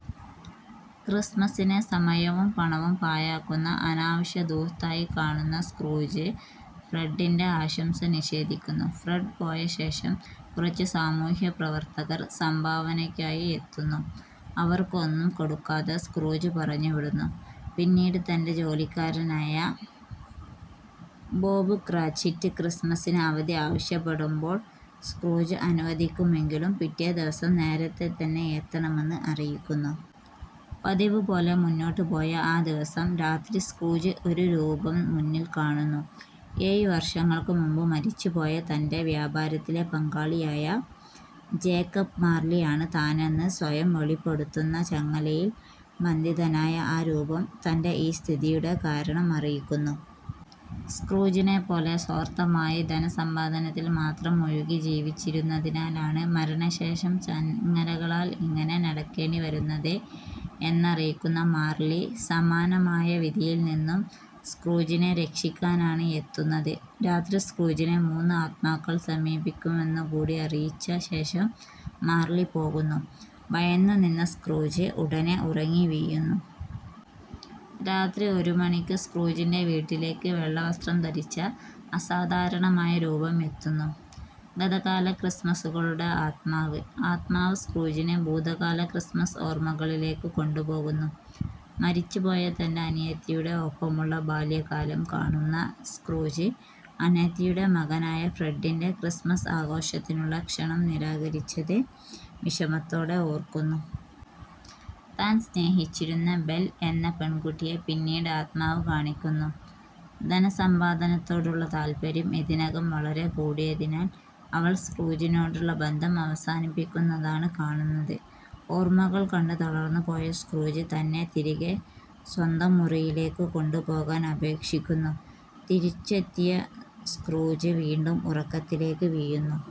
ക്രിസ്മസിനെ സമയവും പണവും പാഴാക്കുന്ന അനാവശ്യ ധൂർത്തായി കാണുന്ന സ്ക്രൂജ് ഫ്രഡിന്റെ ആശംസ നിഷേധിക്കുന്നു. ഫ്രെഡ് പോയ ശേഷം കുറച്ചു സാമൂഹ്യപ്രവർത്തകർ സംഭാവനയ്കായി എത്തുന്നു. അവർക്ക് ഒന്നും കൊടുക്കാതെ സ്ക്രൂജ് പറഞ്ഞുവിടുന്നു. പിന്നീട് തന്റെ ജോലിക്കാരനായ ബോബ് ക്റാചിറ്റ് ക്രിസ്മസിന് അവധി ആവശ്യപ്പെടുമ്പോൾ സ്ക്രൂജ് അനുവദിക്കുമെങ്കിലും പിറ്റേ ദിവസം നേരത്തെ തന്നെ എത്തണമെന്ന് അറിയിക്കുന്നു. പതിവ് പോലെ മുന്നോട്ടു പോയ ആ ദിവസം രാത്രി സ്ക്രൂജ് ഒരു രൂപം മുന്നിൽ കാണുന്നു. ഏഴ് വർഷങ്ങൾക്കുമുൻപ് മരിച്ചുപോയ തന്റെ വ്യാപാരത്തിലെ പങ്കാളിയായ ജേക്കബ് മാർലി ആണ് താനെന്ന് സ്വയം വെളിപ്പെടുത്തുന്ന ചങ്ങലയിൽ ബന്ധിതനായ ആ രൂപം തൻ്റെ ഈ സ്ഥിതിയുടെ കാരണം അറിയിക്കുന്നു. സ്ക്രൂജിനെപ്പോലെ സ്വാർത്ഥമായി ധനസമ്പാദനത്തിൽ മാത്രം മുഴുകി ജീവിച്ചിരുന്നതിനാലാണ് മരണശേഷം ചങ്ങലകളാൽ ഇങ്ങനെ നടക്കേണ്ടി വരുന്നത് എന്നറിയിക്കുന്ന മാർലി സമാനമായ വിധിയിൽ നിന്നും സ്ക്രൂജിനെ രക്ഷിക്കാനാണ് എത്തുന്നത്. രാത്രി സ്ക്രൂജിനെ മൂന്ന് ആത്മാക്കൾ സമീപിക്കുമെന്നുകൂടി അറിയിച്ച ശേഷം മാർലി പോകുന്നു. ഭയന്നുനിന്ന സ്ക്രൂജ് ഉടനേ ഉറങ്ങി വീഴുന്നു. രാത്രി ഒരു മണിയ്ക്ക് സ്ക്രൂജിന്റെ വീട്ടിലേക്ക് വെള്ളവസ്ത്രം ധരിച്ച അസാധാരണമായ രൂപം എത്തുന്നു. ഗതകാല ക്രിസ്മസുകളുടെ ആത്മാവ്. ആത്മാവ് സ്ക്രൂജിനെ ഭൂതകാല ക്രിസ്മസ് ഓർമകളിലേക്ക് കൊണ്ടുപോകുന്നു. മരിച്ചുപോയ തൻ്റെ അനിയത്തിയുടെ ഒപ്പമുള്ള ബാല്യകാലം കാണുന്ന സ്ക്രൂജ് അനിയത്തിയുടെ മകനായ ഫ്രെഡിന്റെ ക്രിസ്മസ് ആഘോഷത്തിനുള്ള ക്ഷണം നിരാകരിച്ചത് വിഷമത്തോടെ ഓർക്കുന്നു. താൻ സ്നേഹിച്ചിരുന്ന ബെൽ എന്ന പെൺകുട്ടിയെ പിന്നീട് ആത്മാവ് കാണിക്കുന്നു. ധനസമ്പാദനത്തോടുള്ള താല്പര്യം ഇതിനകം വളരെ കൂടിയതിനാൽ അവൾ സ്ക്രൂജിനോടുള്ള ബന്ധം അവസാനിപ്പിക്കുന്നതാണ് കാണുന്നത്. ഓർമ്മകൾ കണ്ട് തളർന്നുപോയ സ്ക്രൂജ് തന്നെ തിരികെ സ്വന്തം മുറിയിലേക്ക് കൊണ്ടുപോകാൻ അപേക്ഷിക്കിന്നു. തിരിച്ചെത്തിയെ സ്ക്രൂജ് വീണ്ടും ഉറക്കത്തിലേക്ക് വീഴുന്നു.